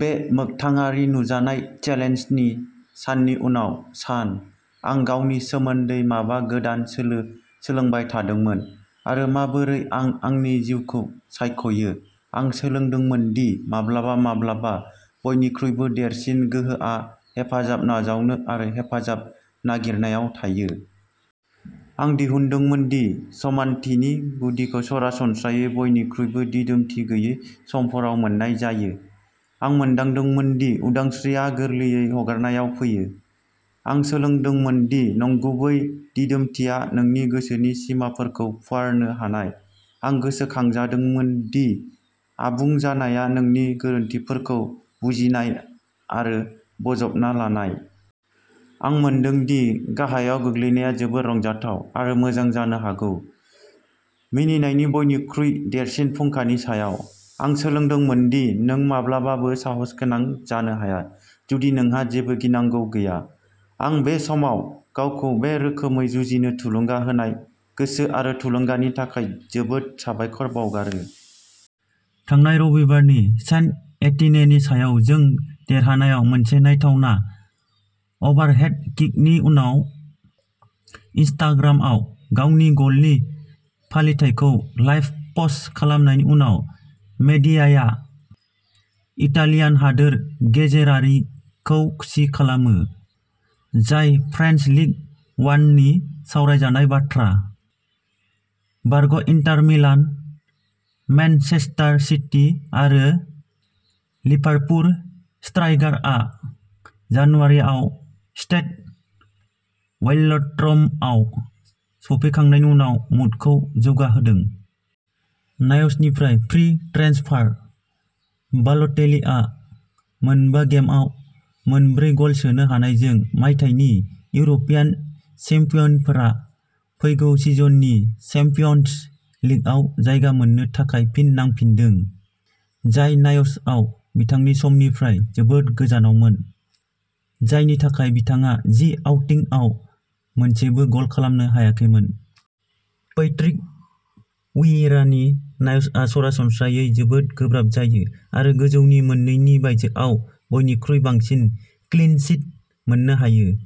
बे मोखथाङारि नुजानाय चेलेन्जनि साननि उनाव सान, आं गावनि सोमोन्दै माबा गोदान सोलो सोलोंबाय थादोंमोन आरो माबोरै आं आंनि जिउखौ सायख'यो। आं सोलोंदोंमोन दि माब्लाबा-माब्लाबा बयनिख्रुइबो देरसिन गोहोआ हेफाजाब नाजावनो आरो हेफाजाब नागिरनायाव थायो। आं दिहुनदोंमोन दि समानथिनि गुदिखौ सरासनस्रायै बयनिख्रुइबो दिदोमथि गैयै समफोराव मोन्नाय जायो। आं मोनदांदोंमोन दि उदांस्रिआ गोरलैयै हगारनायाव फैयो। आं सोलोंदोंमोन दि नंगुबै दिदोमथिया नोंनि गोसोनि सिमाफोरखौ फुवारनो हानाय। आं गोसोखांहोजादोंमोन दि आबुं जानाया नोंनि गोरोनथिफोरखौ बुजिनाय आरो बोजबना लानाय। आं मोनदों दि गाहायाव गोग्लैनाया जोबोद रंजाथाव आरो मोजां जानो हागौ। मिनिनायनि बयनिख्रुइ देरसिन फुंखानि सायाव। आं सोलोंदोंमोन दि नों माब्लाबाबो साहसगोनां जानो हाया, जुदि नोंहा जेबो गिनांगौ गैया। आं बे समाव गावखौ बे रोखोमै जुजिनो थुलुंगा होनाय गोसो आरो थुलुंगानि थाखाय जोबोद साबायखर बावगारो। थांनाय रबिबारनि सेन्ट एटिनेनि सायाव जों देरहानायाव मोनसे नायथावना अभारहेड किकनि उनाव इनस्टाग्रामआव गावनि गलनि फालिथाइखौ लाइभ पस्ट खालामनायनि उनाव मीडियाया इटालियान हादोर गेजेरारिखौ खुसि खालामो, जाय फ्रेन्स लिग वाननि सावरायजानाय बाथ्रा। बारग'इन्टार मिलान, मेनचेस्टार सिटी आरो लिभारपुल स्ट्राइकारआ जानुवारिआव स्टेड वेल'ड्र'मआव सौफैखांनायनि उनाव मुडखौ जौगाहोदों। नाइसनिफ्राय फ्रि ट्रेन्सफार। बाल'टेलिआ मोनबा गेमआव मोनब्रै गल सोनो हानायजों मायथाइनि इउर'पियान चेम्पियनफोरा फैगौ सिजननि चेम्पियन्स लिगआव जायगा मोननो थाखाय फिन नांफिनदों; जाय नाइसआव बिथांनि समनिफ्राय जोबोद गोजानावमोन, जायनि थाखाय बिथाङा जि आउटिंगआव मोनसेबो गल खालामनो हायाखैमोन। पैट्रिक वियेरानि नाइसआ सरासनस्रायै जोबोद गोब्राब जायो आरो गोजौनि मोननैनि बायजोआव बयनिख्रुइ बांसिन क्लीन शीट मोननो हायो।